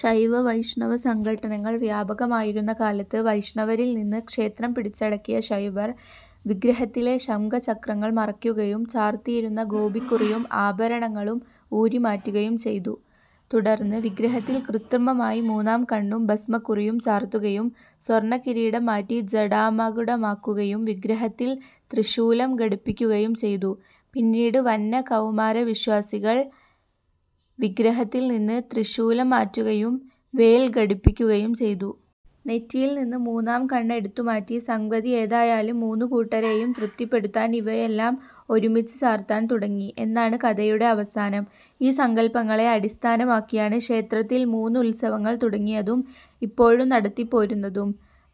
ശൈവ വൈഷ്ണവ സംഘട്ടനങ്ങൾ വ്യാപകമായിരുന്ന കാലത്ത് വൈഷ്ണവരിൽ നിന്ന് ക്ഷേത്രം പിടിച്ചടക്കിയ ശൈവർ വിഗ്രഹത്തിലെ ശംഖചക്രങ്ങൾ മറയ്ക്കുകയും ചാർത്തിയിരുന്ന ഗോപിക്കുറിയും ആഭരണങ്ങളും ഊരിമാറ്റുകയും ചെയ്തു. തുടർന്ന് വിഗ്രഹത്തിൽ കൃത്രിമമായി മൂന്നാം കണ്ണും ഭസ്മക്കുറിയും ചാർത്തുകയും സ്വർണക്കിരീടം മാറ്റി ജടാമകുടമാക്കുകയും വിഗ്രഹത്തിൽ ത്രിശൂലം ഘടിപ്പിക്കുകയും ചെയ്തു. പിന്നീട് വന്ന കൗമാരവിശ്വാസികൾ വിഗ്രഹത്തിൽ നിന്ന് ത്രിശൂലം മാറ്റുകയും വേൽ ഘടിപ്പിക്കുകയും ചെയ്തു. നെറ്റിയിൽ നിന്ന് മൂന്നാം കണ്ണ് എടുത്തുമാറ്റി. സംഗതി എന്തായാലും മൂന്നുകൂട്ടരെയും തൃപ്തിപ്പെടുത്താൻ ഇവയെല്ലാം ഒരുമിച്ച് ചാർത്താൻ തുടങ്ങി എന്നാണ് കഥയുടെ അവസാനം. ഈ സങ്കല്പങ്ങളെ അടിസ്ഥാനമാക്കിയാണ് ക്ഷേത്രത്തിൽ മൂന്ന് ഉത്സവങ്ങൾ തുടങ്ങിയതും ഇപ്പോഴും നടത്തിപ്പോരുന്നതും.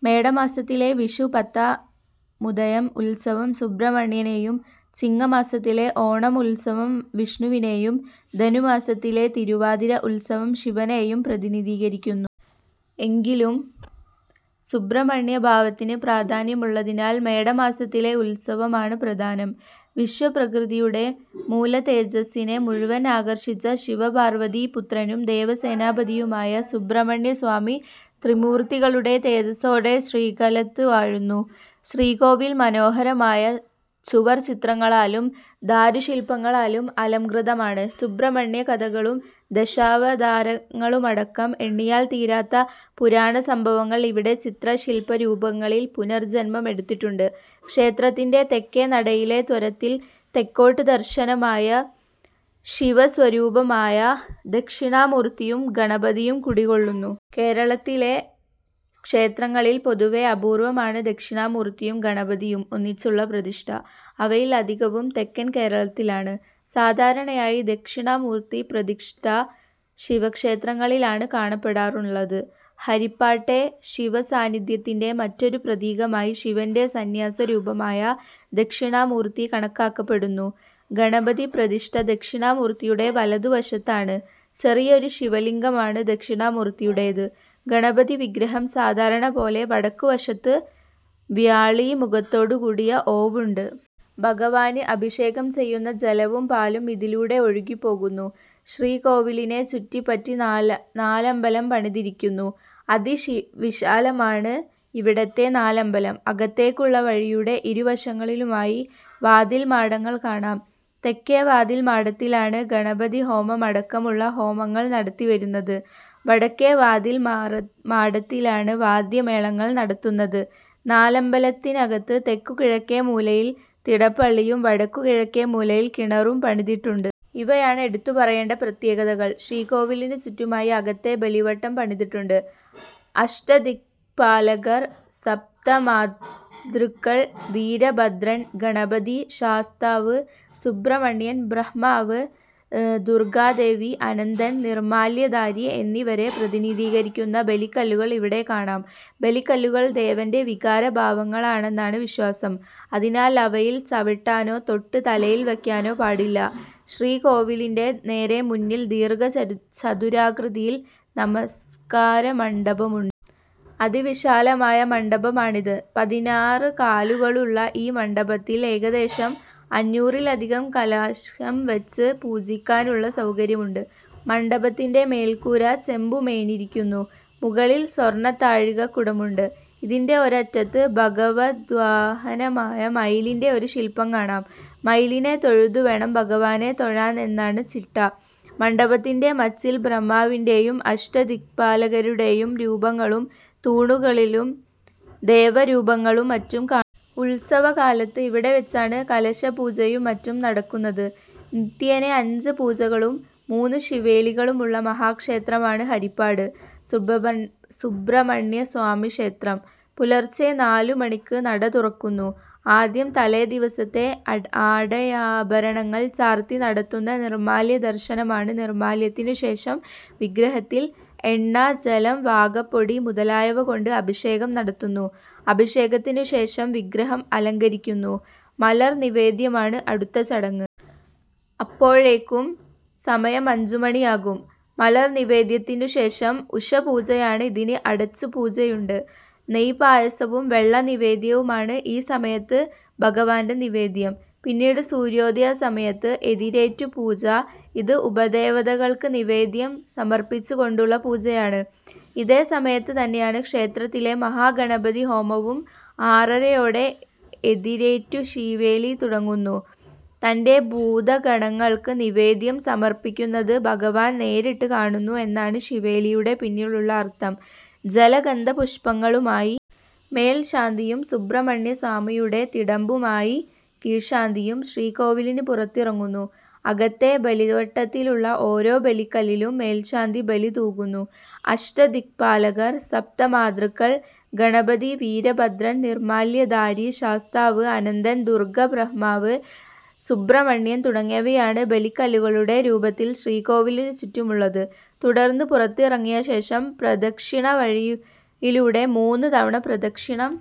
മേടമാസത്തിലെ വിഷു പത്താമുദയം ഉത്സവം സുബ്രഹ്മണ്യനെയും ചിങ്ങമാസത്തിലെ ഓണം ഉത്സവം വിഷ്ണുവിനെയും ധനുമാസത്തിലെ തിരുവാതിര ഉത്സവം ശിവനെയും പ്രതിനിധീകരിക്കുന്നു. എങ്കിലും സുബ്രഹ്മണ്യഭാവത്തിന് പ്രാധാന്യമുള്ളതിനാൽ മേടമാസത്തിലെ ഉത്സവമാണ് പ്രധാനം. വിശ്വപ്രകൃതിയുടെ മൂലതേജസ്സിനെ മുഴുവൻ ആകർഷിച്ച ശിവപാർവതീപുത്രനും ദേവസേനാപതിയുമായ സുബ്രഹ്മണ്യസ്വാമി ത്രിമൂർത്തികളുടെ തേജസ്സോടെ ശ്രീലകത്ത് വാഴുന്നു. ശ്രീകോവിൽ മനോഹരമായ ചുവർച്ചിത്രങ്ങളാലും ദാരുശില്പങ്ങളാലും അലംകൃതമാണ്. സുബ്രഹ്മണ്യകഥകളും ദശാവതാരങ്ങളുമടക്കം എണ്ണിയാൽ തീരാത്ത പുരാണസംഭവങ്ങൾ ഇവിടെ ചിത്രശില്പരൂപങ്ങളിൽ പുനർജന്മമെടുത്തിട്ടുണ്ട്. ക്ഷേത്രത്തിൻ്റെ തെക്കേ നടയിലെ ത്വരത്തിൽ തെക്കോട്ട് ദർശനമായി ശിവസ്വരൂപമായ ദക്ഷിണാമൂർത്തിയും ഗണപതിയും കുടികൊള്ളുന്നു. കേരളത്തിലെ ക്ഷേത്രങ്ങളിൽ പൊതുവേ അപൂർവമാണ് ദക്ഷിണാമൂർത്തിയും ഗണപതിയും ഒന്നിച്ചുള്ള പ്രതിഷ്ഠ. അവയിൽ അധികവും തെക്കൻ കേരളത്തിലാണ്. സാധാരണയായി ദക്ഷിണാമൂർത്തിപ്രതിഷ്ഠ ശിവക്ഷേത്രങ്ങളിലാണ് കാണപ്പെടാറുള്ളത്. ഹരിപ്പാട്ടെ ശിവസാന്നിധ്യത്തിൻ്റെ മറ്റൊരു പ്രതീകമായി ശിവൻ്റെ സന്ന്യാസരൂപമായ ദക്ഷിണാമൂർത്തി കണക്കാക്കപ്പെടുന്നു. ഗണപതിപ്രതിഷ്ഠ ദക്ഷിണാമൂർത്തിയുടെ വലതുവശത്താണ്. ചെറിയൊരു ശിവലിംഗമാണ് ദക്ഷിണാമൂർത്തിയുടേത്. ഗണപതിവിഗ്രഹം സാധാരണപോലെ. വടക്കുവശത്ത് വ്യാളീമുഖത്തോടുകൂടിയ ഓവുണ്ട്. ഭഗവാന് അഭിഷേകം ചെയ്യുന്ന ജലവും പാലും ഇതിലൂടെ ഒഴുകിപ്പോകുന്നു. ശ്രീകോവിലിനെ ചുറ്റിപ്പറ്റി നാലമ്പലം പണിതിരിക്കുന്നു. അതിവിശാലമാണ് ഇവിടത്തെ നാലമ്പലം. അകത്തേക്കുള്ള വഴിയുടെ ഇരുവശങ്ങളിലുമായി വാതിൽമാടങ്ങൾ കാണാം. തെക്കേ വാതിൽമാടത്തിലാണ് ഗണപതിഹോമമടക്കമുള്ള ഹോമങ്ങൾ നടത്തിവരുന്നത്. വടക്കേ വാതിൽമാടത്തിലാണ് വാദ്യമേളങ്ങൾ നടത്തുന്നത്. നാലമ്പലത്തിനകത്ത് തെക്കുകിഴക്കേ മൂലയിൽ തിടപ്പള്ളിയും വടക്കുകിഴക്കേ മൂലയിൽ കിണറും പണിതിട്ടുണ്ട്. ഇവയാണ് എടുത്തുപറയേണ്ട പ്രത്യേകതകൾ. ശ്രീകോവിലിനുചുറ്റുമായി അകത്തെ ബലിവട്ടം പണിതിട്ടുണ്ട്. അഷ്ടദിക്പാലകർ, സപ്തമാതൃക്കൾ, വീരഭദ്രൻ, ഗണപതി, ശാസ്താവ്, സുബ്രഹ്മണ്യൻ, ബ്രഹ്മാവ്, ദുർഗാദേവി, അനന്തൻ, നിർമ്മാല്യധാരി എന്നിവരെ പ്രതിനിധീകരിക്കുന്ന ബലിക്കല്ലുകൾ ഇവിടെ കാണാം. ബലിക്കല്ലുകൾ ദേവൻ്റെ വികാരഭാവങ്ങളാണെന്നാണ് വിശ്വാസം. അതിനാൽ അവയിൽ ചവിട്ടാനോ തൊട്ട് തലയിൽ വയ്ക്കാനോ പാടില്ല. ശ്രീകോവിലിൻ്റെ നേരെമുന്നിൽ ദീർഘചതുരാകൃതിയിൽ നമസ്കാരമണ്ഡപമുണ്ട്. അതിവിശാലമായ മണ്ഡപമാണിത്. പതിനാറ് കാലുകളുള്ള ഈ മണ്ഡപത്തിൽ ഏകദേശം അഞ്ഞൂറിലധികം കലശം വച്ച് പൂജിക്കാനുള്ള സൗകര്യമുണ്ട്. മണ്ഡപത്തിൻ്റെ മേൽക്കൂര ചെമ്പുമേഞ്ഞിരിക്കുന്നു. മുകളിൽ സ്വർണത്താഴികക്കുടമുണ്ട്. ഇതിൻ്റെ ഒരറ്റത്ത് ഭഗവദ്വാഹനമായ മയിലിൻ്റെ ഒരു ശില്പം കാണാം. മയിലിനെ തൊഴുതുവേണം ഭഗവാനെ തൊഴാൻ എന്നാണ് ചിട്ട. മണ്ഡപത്തിൻ്റെ മച്ചിൽ ബ്രഹ്മാവിൻ്റെ യും അഷ്ടദിക്പാലകരുടെയും രൂപങ്ങളും തൂണുകളിൽ ദേവരൂപങ്ങളും മറ്റും കാണാം. ഉത്സവക്കാലത്ത് ഇവിടെവച്ചാണ് കലശപൂജയും മറ്റും നടക്കുന്നത്. നിത്യേന അഞ്ച് പൂജകളും മൂന്ന് ശീവേലികളുമുള്ള മഹാക്ഷേത്രമാണ് ഹരിപ്പാട് സുബ്രഹ്മണ്യസ്വാമിക്ഷേത്രം. പുലർച്ചെ നാലുമണിക്ക് നടതുറക്കുന്നു. ആദ്യം തലേദിവസത്തെ ആടയാഭരണങ്ങൾ ചാർത്തി നടത്തുന്ന നിർമ്മാല്യദർശനമാണ്. നിർമ്മാല്യത്തിനുശേഷം വിഗ്രഹത്തിൽ എണ്ണ, ജലം, വാകപ്പൊടി മുതലായവകൊണ്ട് അഭിഷേകം നടത്തുന്നു. അഭിഷേകത്തിനുശേഷം വിഗ്രഹം അലങ്കരിക്കുന്നു. മലർനിവേദ്യമാണ് അടുത്ത ചടങ്ങ്. അപ്പോഴേക്കും സമയം അഞ്ചുമണിയാകും. മലർനിവേദ്യത്തിനുശേഷം ഉഷഃപൂജയാണ്. ഇതിന് അടച്ചുപൂജയുണ്ട്. നെയ്പായസവും വെള്ളനിവേദ്യവുമാണ് ഈ സമയത്ത് ഭഗവാൻ്റെ നിവേദ്യം. പിന്നീട് സൂര്യോദയസമയത്ത് എതിരേറ്റുപൂജ. ഇത് ഉപദേവതകൾക്ക് നിവേദ്യം സമർപ്പിച്ചുകൊണ്ടുള്ള പൂജയാണ്. ഇതേസമയത്ത് തന്നെയാണ് ക്ഷേത്രത്തിലെ മഹാഗണപതിഹോമവും. ആറരയോടെ എതിരേറ്റുശീവേലി തുടങ്ങുന്നു. തൻ്റെ ഭൂതഗണങ്ങൾക്ക് നിവേദ്യം സമർപ്പിക്കുന്നത് ഭഗവാൻ നേരിട്ട് കാണുന്നു എന്നാണ് ശീവേലിയുടെ പിന്നിലുള്ള അർത്ഥം. ജലഗന്ധപുഷ്പങ്ങളുമായി മേൽശാന്തിയും സുബ്രഹ്മണ്യസ്വാമിയുടെ തിടമ്പുമായി കീഴ്ശാന്തിയും ശ്രീകോവിലിന് പുറത്തിറങ്ങുന്നു. അകത്തെ ബലിവട്ടത്തിലുള്ള ഓരോ ബലിക്കല്ലിലും മേൽശാന്തി ബലി തൂകുന്നു. അഷ്ടദിക്പാലകർ, സപ്തമാതൃക്കൾ, ഗണപതി, വീരഭദ്രൻ, നിർമ്മാല്യധാരി, ശാസ്താവ്, അനന്തൻ, ദുർഗ, ബ്രഹ്മാവ്, സുബ്രഹ്മണ്യൻ തുടങ്ങിയവരാണ് ബലിക്കല്ലുകളുടെ രൂപത്തിൽ ശ്രീകോവിലിനുചുറ്റുമുള്ളത്. തുടർന്ന് പുറത്തിറങ്ങിയശേഷം പ്രദക്ഷിണവഴിയിലൂടെ മൂന്ന് തവണ പ്രദക്ഷിണം.